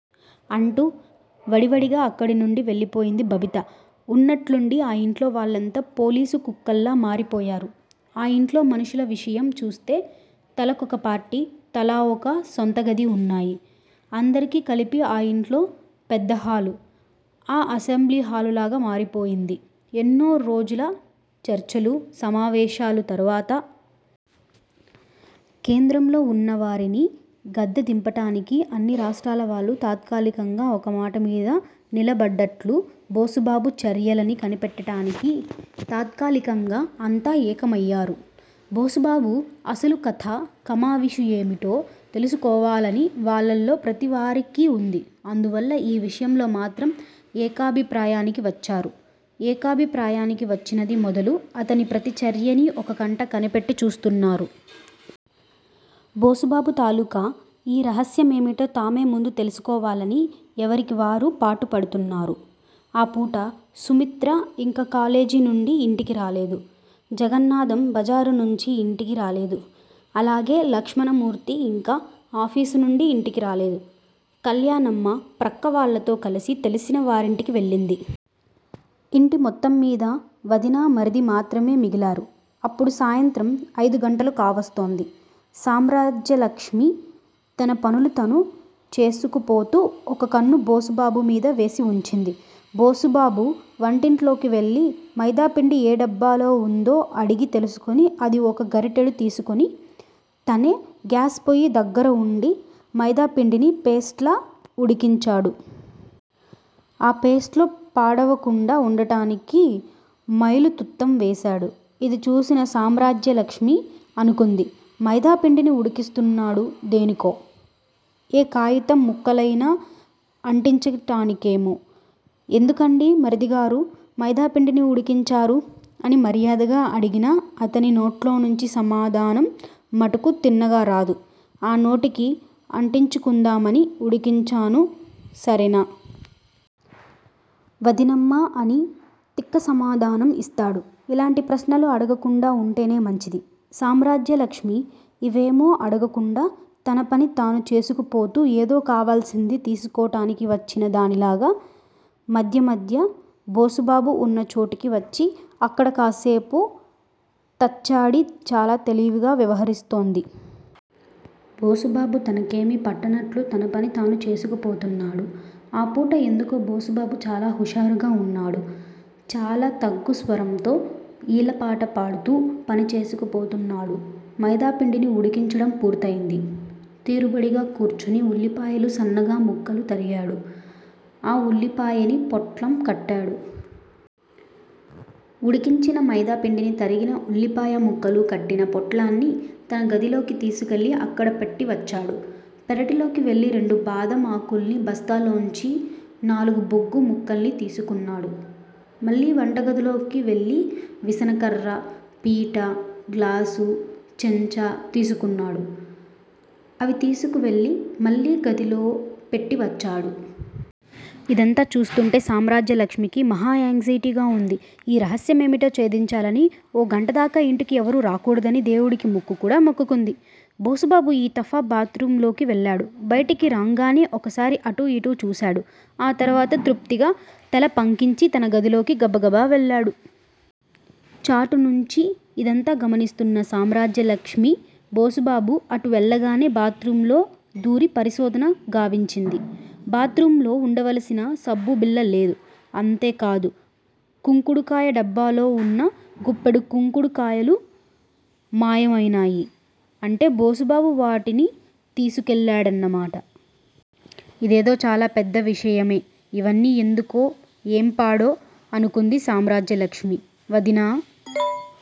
అంటూ వడివడిగా అక్కడి నుండి వెళ్ళిపోయింది బబిత. ఉన్నట్లుండి ఆ యింట్లో వాళ్ళంతా పోలీసు కుక్కల్లా మారిపోయారు. ఆ యింట్లో మనుషుల విషయం చూస్తే తలకొక పార్టీ, తలావొక సొంతగది వున్నాయి. అందరికీ కలిపి ఆ యింట్లో పెద్దహాలు. ఆ అసెంబ్లీ హాలులాగా మారిపోయింది. ఎన్నో రోజుల చర్చలూ, సమావేశాలు తరువాత. కేంద్రంలో వున్న వారిని గద్దెదింపటానికి అన్ని రాష్ట్రాల వాళ్లూ తాత్కాలికంగా ఒకమాట మీద నిలబడ్డట్లు, బోసుబాబు చర్యలని కనిపెట్టటానికి, తాత్కాలికంగా అంతా ఏకమయ్యారు. బోసుబాబు అసలు కథా కమావిషు ఏమిటో తెలుసుకోవాలని వాళ్ళల్లో ప్రతివారికీ వుంది. అందువల్ల ఈ విషయంలో మాత్రం ఏకాభిప్రాయానికి వచ్చారు. ఏకాభిప్రాయానికి వచ్చినది మొదలు అతని ప్రతి చర్యనీ ఒకకంట కనిపెట్టి చూస్తున్నారు. బోసుబాబు తాలూకా ఈ రహస్యమేమిటో తామే ముందు తెలుసుకోవాలని ఎవరికి వారు పాటుపడుతున్నారు. ఆ పూట. సుమిత్ర ఇంకా కాలేజీ నుండీ ఇంటికిరాలేదు. జగన్నాధం బజారునుంచీ ఇంటికి రాలేదు. అలాగే లక్ష్మణమూర్తి ఇంకా ఆఫీసునుండీ ఇంటికి రాలేదు. కల్యాణమ్మ ప్రక్కవాళ్ళతో కలిసి తెలిసిన వారింటికి వెళ్ళింది. ఇంటి మొత్తం మీద వదినా, మరిది మాత్రమే మిగిలారు. అప్పుడు సాయంత్రం అయిదు గంటలు కావస్తోంది. సామ్రాజ్యలక్ష్మి తన పనులు తను చేసుకుపోతూ ఓ కన్ను బోసుబాబు మీద వేసి వుంచింది. బోసుబాబు వంటింట్లోకి వెళ్ళి మైదాపిండి ఏ డబ్బాలో వుందో అడిగి తెలుసుకుని అది ఒక గరిటెడు తీసుకుని, తనే గ్యాస్ పొయ్యి దగ్గరవుండి మైదాపిండిని పేస్ట్ లా ఉడికించాడు. ఆ పేస్ట్ లో పాడవకుండా వుండటానికి మైలుతుత్తం వేశాడు. ఇది చూసిన సామ్రాజ్యలక్ష్మి అనుకుంది. మైదాపిండిని ఉడికిస్తున్నాడు దేనికో? ఏ కాయితం ముక్కలయినా అంటించటానికేమో? ఎందుకండీ మరిదిగారూ! మైదాపిండిని ఉడికించారు అని మర్యాదగా అడిగినా అతని నోట్లోంచి సమాధానం మటుకు తిన్నగా రాదు. నా నోటికి అంటించుకుందామని ఉడికించాను సరేనా? వదినమ్మా! అని తిక్క సమాధానం ఇస్తాడు. ఇలాంటి ప్రశ్నలు అడగకుండా వుంటేనే మంచిది. సామ్రాజ్యలక్ష్మి ఇవేమో అడగకుండా తనపని తను చేసుకుపోతూ ఏదో కావాల్సింది తీసుకోటానికి వచ్చిన దానిలాగా మధ్య మధ్య బోసుబాబు వున్న చోటుకి వచ్చి అక్కడ కాసేపు తచ్చాడి చాలా తెలివిగా వ్యవహరిస్తోంది. బోసుబాబు తనకేమీ పట్టనట్లు తన పని తాను చేసుకుపోతున్నాడు. ఆ పూట ఎందుకో బోసుబాబు చాలా హుషారుగా వున్నాడు. చాలా తగ్గుస్వరంతో ఈలపాట పాడుతూ పని చేసుకుపోతున్నాడు. మైదాపిండిని ఉడికించడం పూర్తయింది. తీరుబడిగా కూర్చుని ఉల్లిపాయలు సన్నగా ముక్కలు తరిగాడు. ఆ ఉల్లిపాయని పొట్లం కట్టాడు. ఉడికించిన మైదాపిండిని తరిగిన ఉల్లిపాయ ముక్కలు కట్టిన పొట్లాన్ని తన గదిలోకి తీసుకెళ్ళి అక్కడ పెట్టి వచ్చాడు. పెరటిలోకి వెళ్ళి రెండు బాదం ఆకుల్ని బస్తాలోంచి నాలుగు బొగ్గు ముక్కల్ని తీసుకున్నాడు. మళ్ళీ వంటగదిలోకి వెళ్ళి విసనకర్రా, పీటా, గ్లాసూ చెంచా తీసుకున్నాడు. అవి తీసుకువెళ్ళి మళ్ళీ గదిలో పెట్టి వచ్చాడు. ఇదంతా చూస్తుంటే, సామ్రాజ్యలక్ష్మికి మహాయాంగ్జేటీగా వుంది. ఈ రహస్యమేమిటో ఛేదించాలని. ఓ గంటదాకా ఇంటికి ఎవరూ రాకూడదని దేవుడికి మొక్కు కూడా మొక్కుకుంది. బోసుబాబు ఈ తఫా బాత్ రూమ్ లోకి వెళ్ళాడు. బయటకి రాంగానే ఒకసారి అటూ ఇటూ చూశాడు ఆ తరువాత తృప్తిగా తలపంకించి తన గదిలోకి గబగబా వెళ్లాడు. చాటునుంచీ ఇదంతా గమనిస్తున్న సామ్రాజ్యలక్ష్మి. బోసుబాబు అటు వెళ్ళగానే బాత్ రూమ్ లో దూరి పరిశోధన గావించింది. బాత్ రూమ్ లో వుండవలసిన సబ్బుబిళ్ళ లేదు. అంతే కాదు కుంకుడుకాయ డబ్బాలో వున్న గుప్పెడు కుంకుడు కాయలు మాయమయినాయి. అంటే బోసుబాబు వాటిని తీసుకువెళ్ళాడన్న మాట. ఇదేదో చాలా పెద్ద విషయమే. ఇవన్నీ ఎందుకో ఏంపాడో? అనుకుంది సామ్రాజ్యలక్ష్మి. వదినా!